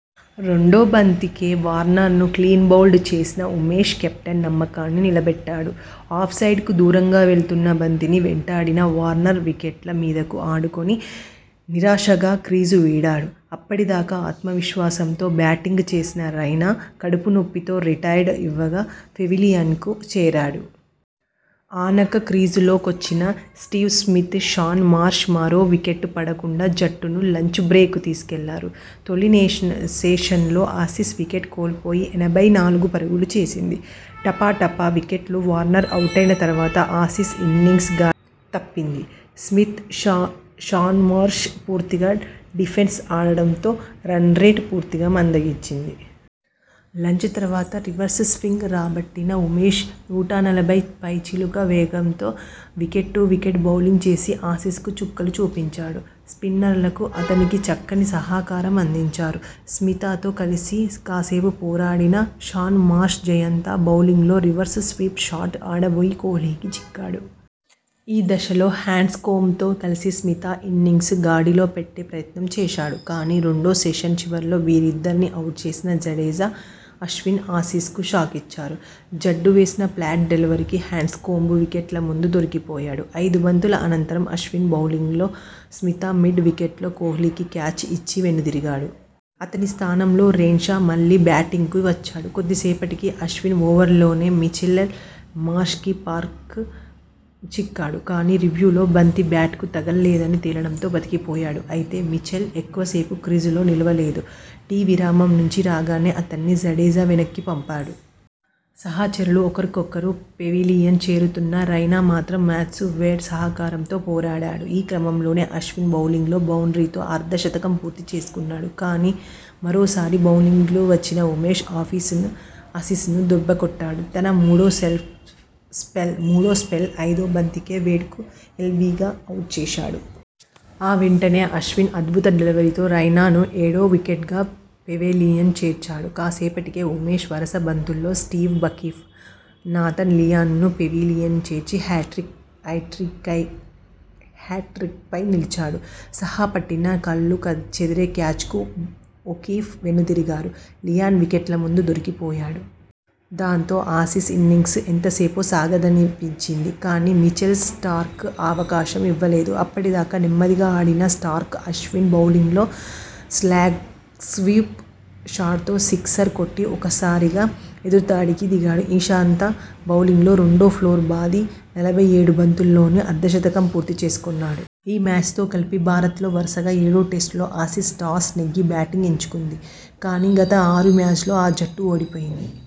రెండో బంతికే వార్నర్ను క్లీన్బౌల్డ్ చేసిన ఉమేష్ కెప్టెన్ నమ్మకాన్ని నిలబెట్టాడు. ఆఫ్ సైడ్కు దూరంగా వెళ్తున్న బంతిని వెంటాడిన వార్నర్ వికెట్ల మీదకు ఆడుకుని నిరాశగా క్రీజు వీడాడు. అప్పటి దాకా ఆత్మవిశ్వాసంతో బ్యాటింగ్ చేసిన రైనా కడుపు నొప్పితో రిటైర్డ్ ఇవ్వగా పెవిలియన్కు చేరాడు. ఆనక క్రీజులో కొచ్చిన స్టీవ్ స్మిత్, షాన్ మార్ష్ మరో వికెట్ పడకుండా జట్టును లంచ్ బ్రేక్కు తీసుకెళ్లారు. తొలి సెషన్లో ఆసీస్ వికెట్ కోల్పోయి ఎనభై నాలుగు పరుగులు చేసింది. టపటపా వికెట్లు వార్నర్ అవుటైన తర్వాత ఆసీస్ ఇన్నింగ్స్ గాడి తప్పింది. స్మిత్, షాన్మార్ష్ పూర్తిగా డిఫెన్స్ ఆడడంతో రన్రేట్ పూర్తిగా మందగించింది. లంచ్ తర్వాత రివర్స్ స్వింగ్ రాబట్టిన ఉమేష్ నూట నలభై పైచిలుకు వేగంతో వికెట్ టు వికెట్ బౌలింగ్ చేసి ఆసీసుకు చుక్కలు చూపించాడు. స్పిన్నర్లు అతనికి చక్కని సహకారం అందించారు. స్మితతో కలిసి కాసేపు పోరాడిన షాన్ మార్ష్ జయంత బౌలింగ్లో రివర్స్ స్వీప్ షాట్ ఆడబోయి కోహ్లీకి చిక్కాడు. ఈ దశలో హ్యాండ్స్కోంబ్తో కలిసి స్మిత ఇన్నింగ్స్ను గాడిలో పెట్టే ప్రయత్నం చేశాడు. కానీ, రెండో సెషన్ చివర్లో వీరిద్దరినీ అవుట్ చేసిన జడేజా, అశ్విన్ ఆసీసుకు షాకిచ్చారు. జడ్డూ వేసిన ఫ్లాట్ డెలివరీకి హ్యాండ్స్కోంబ్ వికెట్ల ముందు దొరికిపోయాడు. ఐదు బంతుల అనంతరం అశ్విన్ బౌలింగ్లో స్మిత మిడ్ వికెట్లో కోహ్లీకి క్యాచ్ ఇచ్చి వెనుదిరిగాడు. అతని స్థానంలో రెన్షా మళ్లీ బ్యాటింగ్కు వచ్చాడు. కొద్దిసేపటికి అశ్విన్ ఓవర్లోనే మిచెల్ మార్ష్ కీపర్కు చిక్కాడు. కానీ, రివ్యూలో బంతి బ్యాట్కు తగల్లేదని తేలడంతో బతికిపోయాడు. అయితే, మిచెల్ ఎక్కువ సేపు క్రీజులో నిలువలేదు. టి విరామం నుంచి రాగానే అతణ్ణి జడేజా వెనక్కిపంపాడు. సహచరులు ఒక్కొక్కరుగా పెవిలియన్ చేరుతున్నా రైనా మాత్రం మాథ్యూ వేడ్ సహకారంతో పోరాడాడు. ఈ క్రమంలోనే అశ్విన్ బౌలింగ్లో బౌండ్రీతో అర్ధ శతకం పూర్తి చేసుకున్నాడు. కానీ, మరోసారి బౌలింగ్కు వచ్చిన ఉమేష్ ఆసీసును దెబ్బకొట్టాడు. తన మూడో స్పెల్ ఐదో బంతికే వేడ్ను ఎల్బీగా అవుట్ చేశాడు. ఆ వెంటనే అశ్విన్ అద్భుత డెలివరీతో రైనా ను ఏడో వికెట్గా పెవిలియన్ చేర్చాడు. కాసేపటికే, ఉమేష్ వరుస బంతుల్లో స్టీవ్ ఒకీఫ్, నాథన్ లియాన్ ను పెవిలియన్ చేర్చి హ్యాట్రిక్పై నిలిచాడు. సాహా పట్టిన కళ్లు చెదిరే క్యాచ్కు ఒకీఫ్ వెనుదిరగగా, లియాన్ వికెట్ల ముందు దొరికిపోయాడు. దాంతో, ఆసీస్ ఇన్నింగ్స్ ఎంతోసేపు సాగదనిపించింది. కానీ, మిచెల్ స్టార్క్ ఆ అవకాశం ఇవ్వలేదు. అప్పటిదాకా నెమ్మదిగా ఆడిన స్టార్క్ అశ్విన్ బౌలింగ్లో స్లాగ్స్వీప్ షాట్తో సిక్సర్ కొట్టి ఒక్కసారిగా ఎదురుదాడికి దిగాడు. ఇషాంత బౌలింగ్లో రెండు ఫోర్లు బాది నలభై ఏడు బంతుల్లోనే అర్ధ శతకం పూర్తి చేసుకు న్నాడు. ఈ మ్యాచ్తో కలిపి భారత్ లో వరుసగా ఏడో టెస్టులో ఆసీస్ టాస్ నెగ్గి బ్యాటింగ్ ఎంచుకుంది. కానీ, గత ఆరు మ్యాచ్ల్లో ఆ జట్టు ఓడిపోయింది.